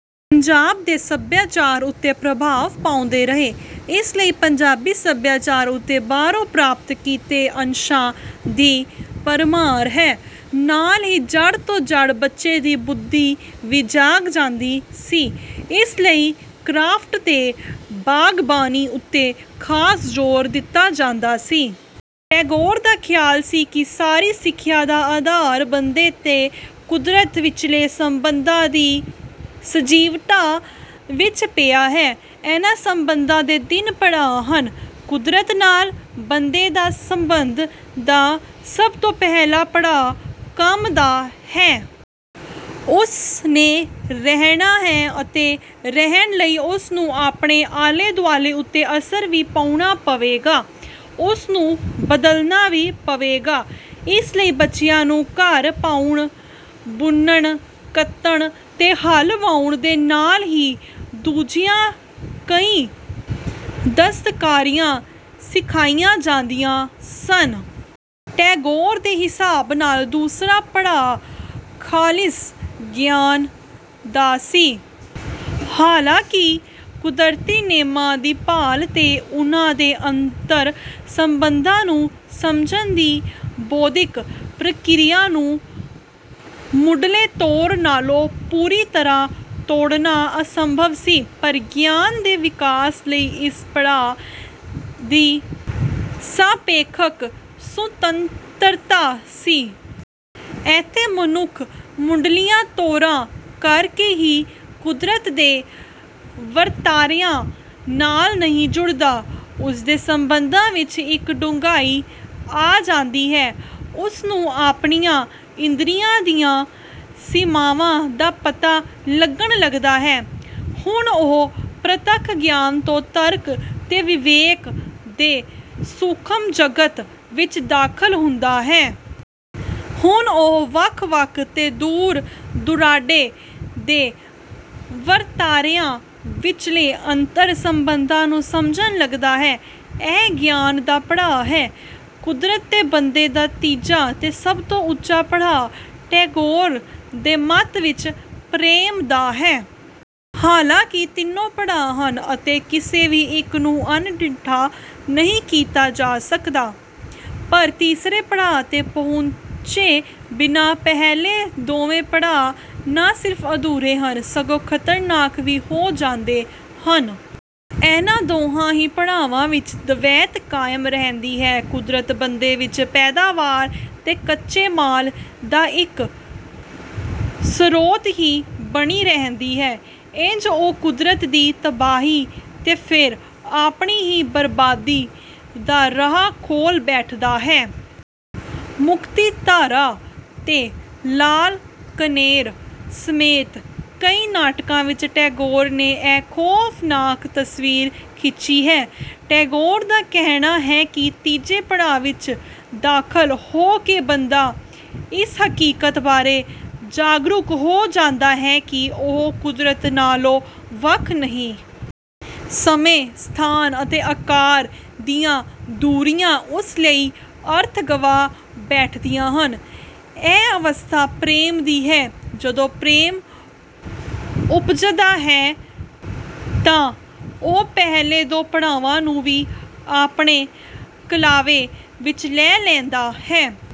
ਪੰਜਾਬ ਦੇ ਸਭਿਆਚਾਰ ਉੱਤੇ ਪ੍ਰਭਾਵ ਪਾਉਂਦੇ ਰਹੇ। ਇਸ ਲਈ ਪੰਜਾਬੀ ਸਭਿਆਚਾਰ ਉੱਤੇ ਬਾਹਰੋਂ ਪ੍ਰਾਪਤ ਕੀਤੇ ਅੰਸ਼ਾਂ ਦੀ ਭਰਮਾਰ ਹੈ। ਨਾਲ ਹੀ ਜੜ੍ਹ ਤੋਂ ਜੜ੍ਹ ਬੱਚੇ ਦੀ ਬੁੱਧੀ ਵੀ ਜਾਗ ਜਾਂਦੀ ਸੀ। ਇਸ ਲਈ ਕ੍ਰਾਫਟ ਤੇ ਬਾਗਬਾਨੀ ਉੱਤੇ ਖਾਸ ਜ਼ੋਰ ਦਿੱਤਾ ਜਾਂਦਾ ਸੀ। ਟੈਗੋਰ ਦਾ ਖ਼ਿਆਲ ਸੀ ਕਿ ਸਾਰੀ ਸਿੱਖਿਆ ਦਾ ਆਧਾਰ ਬੰਦੇ ਤੇ ਕੁਦਰਤ ਵਿਚਲੇ ਸੰਬੰਧਾਂ ਦੀ ਸਜੀਵਤਾ ਵਿੱਚ ਪਿਆ ਹੈ। ਇਨ੍ਹਾਂ ਸੰਬੰਧਾਂ ਦੇ ਤਿੰਨ ਪੜਾਅ ਹਨ। ਕੁਦਰਤ ਨਾਲ ਬੰਦੇ ਦੇ ਸੰਬੰਧ ਦਾ ਸਭ ਤੋਂ ਪਹਿਲਾ ਪੜਾਅ ‘ਕੰਮ’ ਦਾ ਹੈ। ਉਸ ਨੇ ਰਹਿਣਾ ਹੈ ਅਤੇ ਰਹਿਣ ਲਈ ਉਸਨੂੰ ਆਪਣੇ ਆਲੇ-ਦੁਆਲੇ ਉੱਤੇ ਅਸਰ ਵੀ ਪਾਉਣਾ ਪਵੇਗਾ, ਉਸਨੂੰ ਬਦਲਣਾ ਵੀ ਪਵੇਗਾ। ਇਸ ਲਈ ਬੱਚਿਆਂ ਨੂੰ ਘਰ ਪਾਉਣ, ਬੁਣਨ-ਕੱਤਣ ਤੇ ਹਲ ਵਾਹੁਣ ਦੇ ਨਾਲ ਹੀ ਦੂਜੀਆਂ ਕਈ ਦਸਤਕਾਰੀਆਂ ਸਿਖਾਈਆਂ ਜਾਂਦੀਆਂ ਸਨ। ਟੈਗੋਰ ਦੇ ਹਿਸਾਬ ਨਾਲ ਦੂਸਰਾ ਪੜਾਅ ਖ਼ਾਲਿਸ ਗਿਆਨ ਦਾ ਸੀ। ਹਾਲਾਂਕਿ ਕੁਦਰਤੀ ਨੇਮਾਂ ਦੀ ਭਾਲ ਤੇ ਉਨ੍ਹਾਂ ਦੇ ਅੰਤਰ-ਸੰਬੰਧਾਂ ਨੂੰ ਸਮਝਣ ਦੀ ਬੌਧਿਕ ਪ੍ਰਕਿਰਿਆ ਨੂੰ ਮੁੱਢਲੇ ਦੌਰ ਨਾਲੋਂ ਪੂਰੀ ਤਰ੍ਹਾਂ ਤੋੜਣਾ ਅਸੰਭਵ ਸੀ, ਪਰ ਗਿਆਨ ਦੇ ਵਿਕਾਸ ਲਈ ਇਸ ਪੜਾਅ ਦੀ ਸਾਪੇਖਕ ਸੁਤੰਤਰਤਾ ਸੀ। ਇੱਥੇ ਮਨੁੱਖ ਮੁੱਢਲੀਆਂ ਤੋਰਾਂ ਕਰਕੇ ਹੀ ਕੁਦਰਤ ਦੇ ਵਰਤਾਰਿਆਂ ਨਾਲ ਨਹੀਂ ਜੁੜਦਾ, ਉਸਦੇ ਸੰਬੰਧਾਂ ਵਿੱਚ ਇੱਕ ਡੂੰਘਾਈ ਆ ਜਾਂਦੀ ਹੈ। ਉਸਨੂੰ ਆਪਣੀਆਂ ਇੰਦਰੀਆਂ ਦੀਆਂ ਸੀਮਾਵਾਂ ਦਾ ਪਤਾ ਲੱਗਣ ਲੱਗਦਾ ਹੈ। ਹੁਣ ਉਹ ਪ੍ਰਤੱਖ ਗਿਆਨ ਤੋਂ ਤਰਕ ਤੇ ਵਿਵੇਕ ਦੇ ਸੂਖਮ ਜਗਤ ਵਿੱਚ ਦਾਖ਼ਲ ਹੁੰਦਾ ਹੈ। ਹੁਣ ਉਹ ਵੱਖ-ਵੱਖ ਤੇ ਦੂਰ-ਦੁਰਾਡੇ ਦੇ ਵਰਤਾਰਿਆਂ ਵਿਚਲੇ ਅੰਤਰ-ਸੰਬੰਧਾਂ ਨੂੰ ਸਮਝਣ ਲੱਗਦਾ ਹੈ। ਇਹ ਗਿਆਨ ਦਾ ਪੜਾਅ ਹੈ। ਕੁਦਰਤ ਤੇ ਬੰਦੇ ਦਾ ਤੀਜਾ ਤੇ ਸਭ ਤੋਂ ਉੱਚਾ ਪੜਾਅ, ਟੈਗੋਰ ਦੇ ਮੱਤ ਵਿੱਚ, ਪ੍ਰੇਮ ਦਾ ਹੈ। ਹਾਲਾਂਕਿ ਤਿੰਨੋਂ ਪੜਾਅ ਹਨ ਅਤੇ ਕਿਸੇ ਵੀ ਇੱਕ ਨੂੰ ਅਣਡਿੱਠਾ ਨਹੀਂ ਕੀਤਾ ਜਾ ਸਕਦਾ, ਪਰ ਤੀਸਰੇ ਪੜਾਅ ’ਤੇ ਪਹੁੰਚੇ ਬਿਨਾਂ ਪਹਿਲੇ ਦੋਵੇਂ ਪੜਾਅ ਨਾ ਸਿਰਫ਼ ਅਧੂਰੇ ਹਨ, ਸਗੋਂ ਖ਼ਤਰਨਾਕ ਵੀ ਹੋ ਜਾਂਦੇ ਹਨ। ਇਹਨਾਂ ਦੋਹਾਂ ਹੀ ਪੜਾਵਾਂ ਵਿੱਚ ਦਵੈਤ ਕਾਇਮ ਰਹਿੰਦੀ ਹੈ। ਕੁਦਰਤ ਬੰਦੇ ਲਈ ਪੈਦਾਵਾਰ ਤੇ ਕੱਚੇ ਮਾਲ ਦਾ ਇੱਕ ਸਰੋਤ ਹੀ ਬਣੀ ਰਹਿੰਦੀ ਹੈ। ਇੰਜ ਉਹ ਕੁਦਰਤ ਦੀ ਤਬਾਹੀ ਤੇ ਫਿਰ ਆਪਣੀ ਹੀ ਬਰਬਾਦੀ ਦਾ ਰਾਹ ਖੋਲ੍ਹ ਬੈਠਦਾ ਹੈ। ‘ਮੁਕਤੀਧਾਰਾ’ ਤੇ ‘ਲਾਲ ਕਨੇਰ’ ਸਮੇਤ ਕਈ ਨਾਟਕਾਂ ਵਿੱਚ ਟੈਗੋਰ ਨੇ ਇਹ ਖ਼ੌਫ਼ਨਾਕ ਤਸਵੀਰ ਖਿੱਚੀ ਹੈ। ਟੈਗੋਰ ਦਾ ਕਹਿਣਾ ਹੈ ਕਿ ਤੀਜੇ ਪੜਾਅ ਵਿੱਚ ਦਾਖ਼ਲ ਹੋ ਕੇ ਬੰਦਾ ਇਸ ਹਕੀਕਤ ਬਾਰੇ ਜਾਗਰੂਕ ਹੋ ਜਾਂਦਾ ਹੈ ਕਿ ਉਹ ਕੁਦਰਤ ਨਾਲੋਂ ਵੱਖ ਨਹੀਂ। ਸਮੇਂ, ਸਥਾਨ ਤੇ ਆਕਾਰ ਦੀਆਂ ਦੂਰੀਆਂ ਉਸ ਲਈ ਅਰਥ ਗਵਾ ਬੈਠਦੀਆਂ ਹਨ—ਇਹ ਅਵਸਥਾ ਪ੍ਰੇਮ ਦੀ ਹੈ। ਜਦੋਂ ਪ੍ਰੇਮ ਉਪਜਦਾ ਹੈ ਤਾਂ ਉਹ ਪਹਿਲੇ ਦੋ ਪੜਾਵਾਂ ਨੂੰ ਵੀ ਆਪਣੇ ਕਲਾਵੇ ਵਿੱਚ ਲੈ ਲੈਂਦਾ ਹੈ।